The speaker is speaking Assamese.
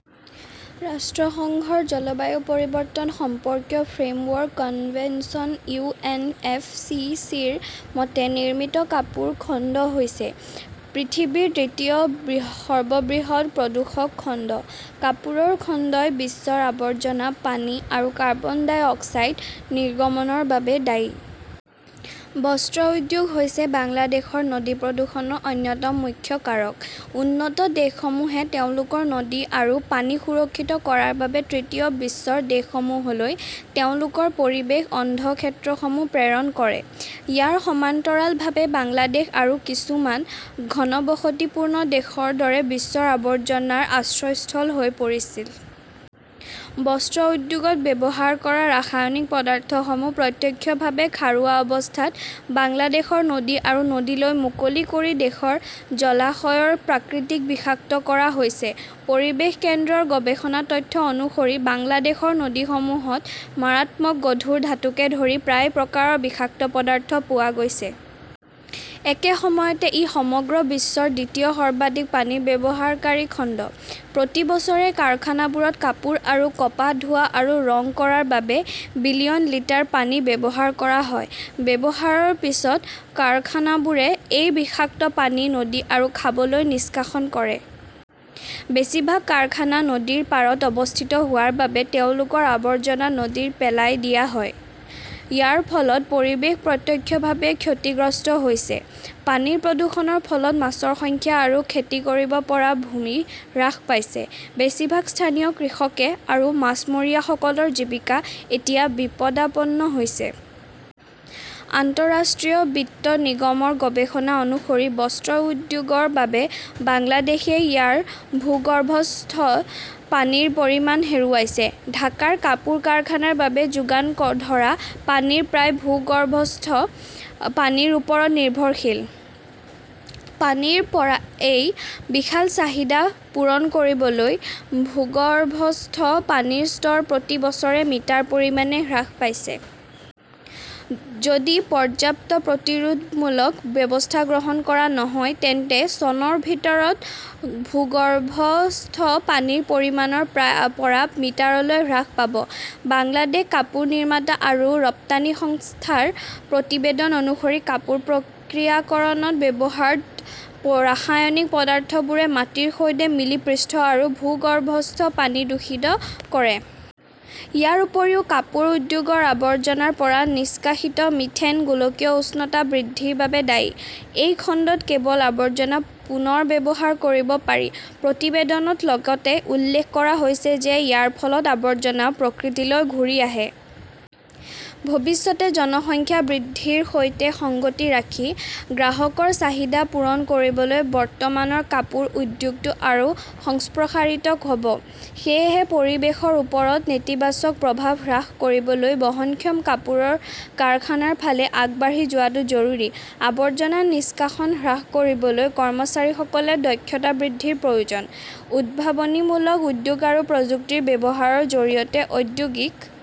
ৰাষ্ট্ৰসংঘৰ জলবায়ু পৰিৱৰ্তন সম্পৰ্কীয় framework convention U. N. F. C. C. -ৰ মতে, নিৰ্মিত কাপোৰ খণ্ড হৈছে পৃথিৱীৰ দ্বিতীয় সৰ্ববৃহৎ প্ৰদূষক খণ্ড। কাপোৰৰ খণ্ডই বিশ্বৰ আৱৰ্জনা পানী আৰু কাৰ্বন ডাই অক্সাইড নিৰ্গমনৰ বাবে দায়ী। বস্ত্ৰ উদ্যোগ হৈছে বাংলাদেশৰ নদী প্ৰদূষণৰ অন্যতম মুখ্য কাৰক। উন্নত দেশসমূহে তেওঁলোকৰ নদী আৰু পানী সুৰক্ষিত কৰাৰ বাবে তৃতীয় বিশ্বৰ দেশসমূহলৈ তেওঁলোকৰ পৰিৱেশ অন্ধ ক্ষেত্ৰসমূহ প্ৰেৰণ কৰে। ইয়াৰ সমান্তৰালভাৱে বাংলাদেশ আন কিছুমান ঘনবসতিপূৰ্ণ দেশৰ দৰে বিশ্বৰ আৱৰ্জনাৰ আশ্ৰয়স্থল হৈ পৰিছিল। বস্ত্ৰ উদ্যোগত ব্যৱহাৰ কৰা ৰাসায়নিক পদাৰ্থসমূহ প্ৰত্যক্ষভাৱে খাৰুৱা অৱস্থাত বাংলাদেশৰ নদী আৰু নদীলৈ মুকলি কৰি দেশৰ জলাশয়ৰ প্ৰকৃতিক বিষাক্ত কৰা হৈছে। পৰিৱেশ কেন্দ্ৰৰ গৱেষণা তথ্য অনুসৰি, বাংলাদেশৰ নদীসমূহত মাৰাত্মক গধুৰ ধাতুকে ধৰি প্ৰায় প্ৰকাৰৰ বিষাক্ত পদাৰ্থ পোৱা গৈছে। একে সময়তে ই সমগ্ৰ বিশ্বৰ দ্বিতীয় সৰ্বাধিক পানী ব্যৱহাৰকাৰী খণ্ড। প্ৰতি বছৰে কাৰখানাবোৰত কাপোৰ আৰু কপাহ ধোৱা আৰু ৰং কৰাৰ বাবে বিলিয়ন লিটাৰ পানী ব্যৱহাৰ কৰা হয়। ব্যৱহাৰৰ পিছত কাৰখানাবোৰে এই বিষাক্ত পানী নদী আৰু খাললৈ নিষ্কাশন কৰে। বেছিভাগ কাৰখানা নদীৰ পাৰত অৱস্থিত হোৱাৰ বাবে তেওঁলোকৰ আৱৰ্জনা নদীত পেলাই দিয়া হয়। ইয়াৰ ফলত পৰিৱেশ প্ৰত্যক্ষভাৱে ক্ষতিগ্ৰস্ত হৈছে। পানীৰ প্ৰদূষণৰ ফলত মাছৰ সংখ্যা আৰু খেতি কৰিব পৰা ভূমি হ্ৰাস পাইছে। বেছিভাগ স্থানীয় কৃষক আৰু মাছমৰীয়াসকলৰ জীৱিকা এতিয়া বিপদাপন্ন হৈছে। আন্তঃৰাষ্ট্ৰীয় বিত্ত নিগমৰ গৱেষণা অনুসৰি, বস্ত্ৰ উদ্যোগৰ বাবে বাংলাদেশই ইয়াৰ ভূগৰ্ভস্থ পানীৰ পৰিমাণ হেৰুৱাইছে। ঢাকাৰ কাপোৰ কাৰখানাৰ বাবে যোগান ধৰা পানীৰ প্ৰায় ভূগৰ্ভস্থ পানীৰ ওপৰত নিৰ্ভৰশীল। পানীৰ এই বিশাল চাহিদা পূৰণ কৰিবলৈ, ভূগৰ্ভস্থ পানীৰ স্তৰ প্ৰতি বছৰে মিটাৰ পৰিমাণে হ্ৰাস পাইছে। যদি পৰ্যাপ্ত প্ৰতিৰোধমূলক ব্যৱস্থা গ্ৰহণ কৰা নহয়, তেন্তে চনৰ ভিতৰত ভূগৰ্ভস্থ পানীৰ পৰিমাণ ৰ পৰা মিটাৰলৈ হ্ৰাস পাব। বাংলাদেশ কাপোৰ নিৰ্মাতা আৰু ৰপ্তানি সংস্থাৰ প্ৰতিবেদন অনুসৰি কাপোৰ প্ৰক্ৰিয়াকৰণত ব্যৱহৃত ৰাসায়নিক পদাৰ্থবোৰে মাটিৰ সৈতে মিলি পৃষ্ঠ আৰু ভূগৰ্ভস্থ পানী দূষিত কৰে। ইয়াৰ উপৰিও কাপোৰ উদ্যোগৰ আৱৰ্জনাৰ পৰা নিষ্কাশিত মিথেন গোলকীয় উষ্ণতা বৃদ্ধিৰ বাবে দায়ী। এই খণ্ডত কেৱল আৱৰ্জনা পুনৰ ব্যৱহাৰ কৰিব পাৰি। প্ৰতিবেদনত লগতে উল্লেখ কৰা হৈছে যে ইয়াৰ ফলত আৱৰ্জনা প্ৰকৃতিলৈ ঘূৰি আহে। ভৱিষ্যতে জনসংখ্যা বৃদ্ধিৰ সৈতে সংগতি ৰাখি গ্ৰাহকৰ চাহিদা পূৰণ কৰিবলৈ বৰ্তমানৰ কাপোৰ উদ্যোগটো আৰু সম্প্ৰসাৰিত হ 'ব। সেয়েহে পৰিৱেশৰ ওপৰত নেতিবাচক প্ৰভাৱ হ্ৰাস কৰিবলৈ বহনক্ষম কাপোৰৰ কাৰখানাৰ ফালে আগবাঢ়ি যোৱাটো জৰুৰী। আৱৰ্জনা নিষ্কাশন হ্ৰাস কৰিবলৈ কৰ্মচাৰীসকলৰ দক্ষতা বৃদ্ধিৰ প্ৰয়োজন। উদ্ভাৱনীমূলক উদ্যোগ আৰু প্ৰযুক্তিৰ ব্যৱহাৰৰ জৰিয়তে ঔদ্যোগিক